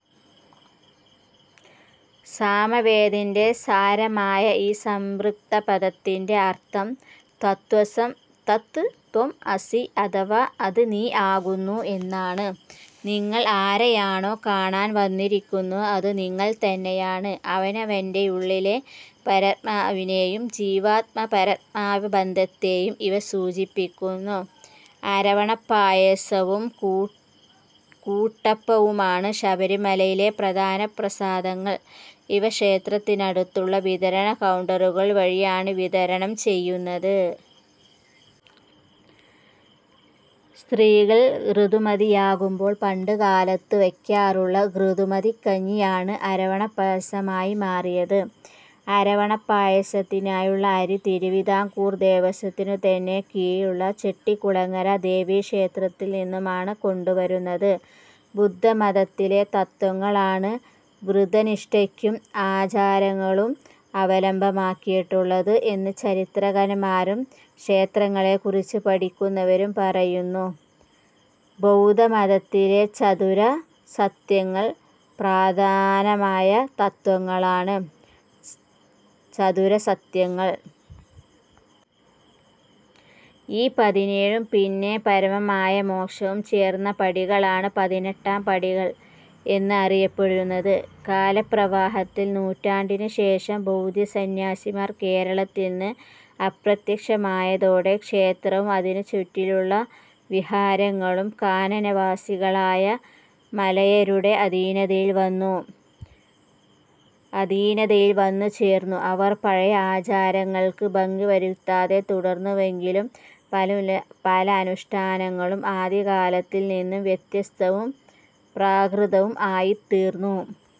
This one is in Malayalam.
സാമവേദിന്റെ സാരമായ ഈ സംസ്തൃപ്തപദത്തിന്റെ അർഥം 'തത്-ത്വം-അസി' അഥവാ 'അത് നീ ആകുന്നു' എന്നാണ്. നിങ്ങൾ ആരെയാണോ കാണാൻ വന്നിരിക്കുന്നത് അത് നിങ്ങൾ തന്നെയാണ്. അവനവന്റെയുള്ളിലെ പരമാത്മാവിനെയും ജീവാത്മാ-പരമാത്മാ ബന്ധത്തേയും ഇവ സൂചിപ്പിക്കുന്നു. അരവണപ്പായസവും കൂട്ടപ്പവുമാണ് ശബരിമലയിലെ പ്രധാന പ്രസാദങ്ങൾ. ഇവ ക്ഷേത്രത്തിനടുത്തുള്ള വിതരണ കൗണ്ടറുകൾ വഴിയാണ് വിതരണം ചെയ്യുന്നത്. സ്ത്രീകൾ ഋതുമതിയാകുമ്പോൾ പണ്ട് കാലത്ത് വയ്ക്കാറൂള്ള ഋതുമതികഞ്ഞിയാണ് അരവണപ്പായസമായി മാറിയത്. അരവണപ്പായസത്തിനായുള്ള അരി തിരുവിതാംകൂർ ദേവസ്വത്തിനു തന്നെ കീഴിലുള്ള ചെട്ടികുളങ്ങര ദേവീക്ഷേത്രത്തിൽ നിന്നുമാണ് കൊണ്ടുവരുന്നത്. ബുദ്ധമതത്തിലെ തത്ത്വങ്ങൾ ആണു വൃതനിഷ്ഠക്കും ആചാരങ്ങളും അവലംബമായിട്ടുള്ളത് എന്ന് ചരിത്രകാരന്മാരും ക്ഷേത്രങ്ങളെക്കുറിച്ച് പഠിക്കുന്നവരും പറയുന്നു. ബൗദ്ധ മതത്തിലെ ചതുര സത്യങ്ങൾ പ്രധാനമായ തത്ത്വങ്ങളാണ് ചതുര സത്യങ്ങൾ. ഈ പതിനേഴും പിന്നെ പരമമായ മോക്ഷവും ചേർന്ന പടികളാണ് പതിനെട്ടാം പടികൾ എന്ന് അറിയപ്പെടുന്നത് കാലപ്രവാഹത്തിൽ നൂറ്റാണ്ടിനു ശേഷം ബൗദ്ധസന്യാസിമാർ കേരളത്തിൽ നിന്ന് അപ്രത്യക്ഷമായതോടെ ക്ഷേത്രവും അതിനു ചുറ്റിയുള്ള വിഹാരങ്ങളും കാനന വാസികളായ മലയരുടെ അധീനതയിൽ വന്നു ചേർന്നു. അവർ പഴയ ആചാരങ്ങൾക്ക് ഭംഗി വരുത്താതെ തുടർന്നുവെങ്കിലും പല അനുഷ്ഠാനങ്ങളും ആദ്യകാലത്തേതിൽ നിന്നും വ്യത്യസ്തവും പ്രാകൃതവും ആയിത്തീർന്നു.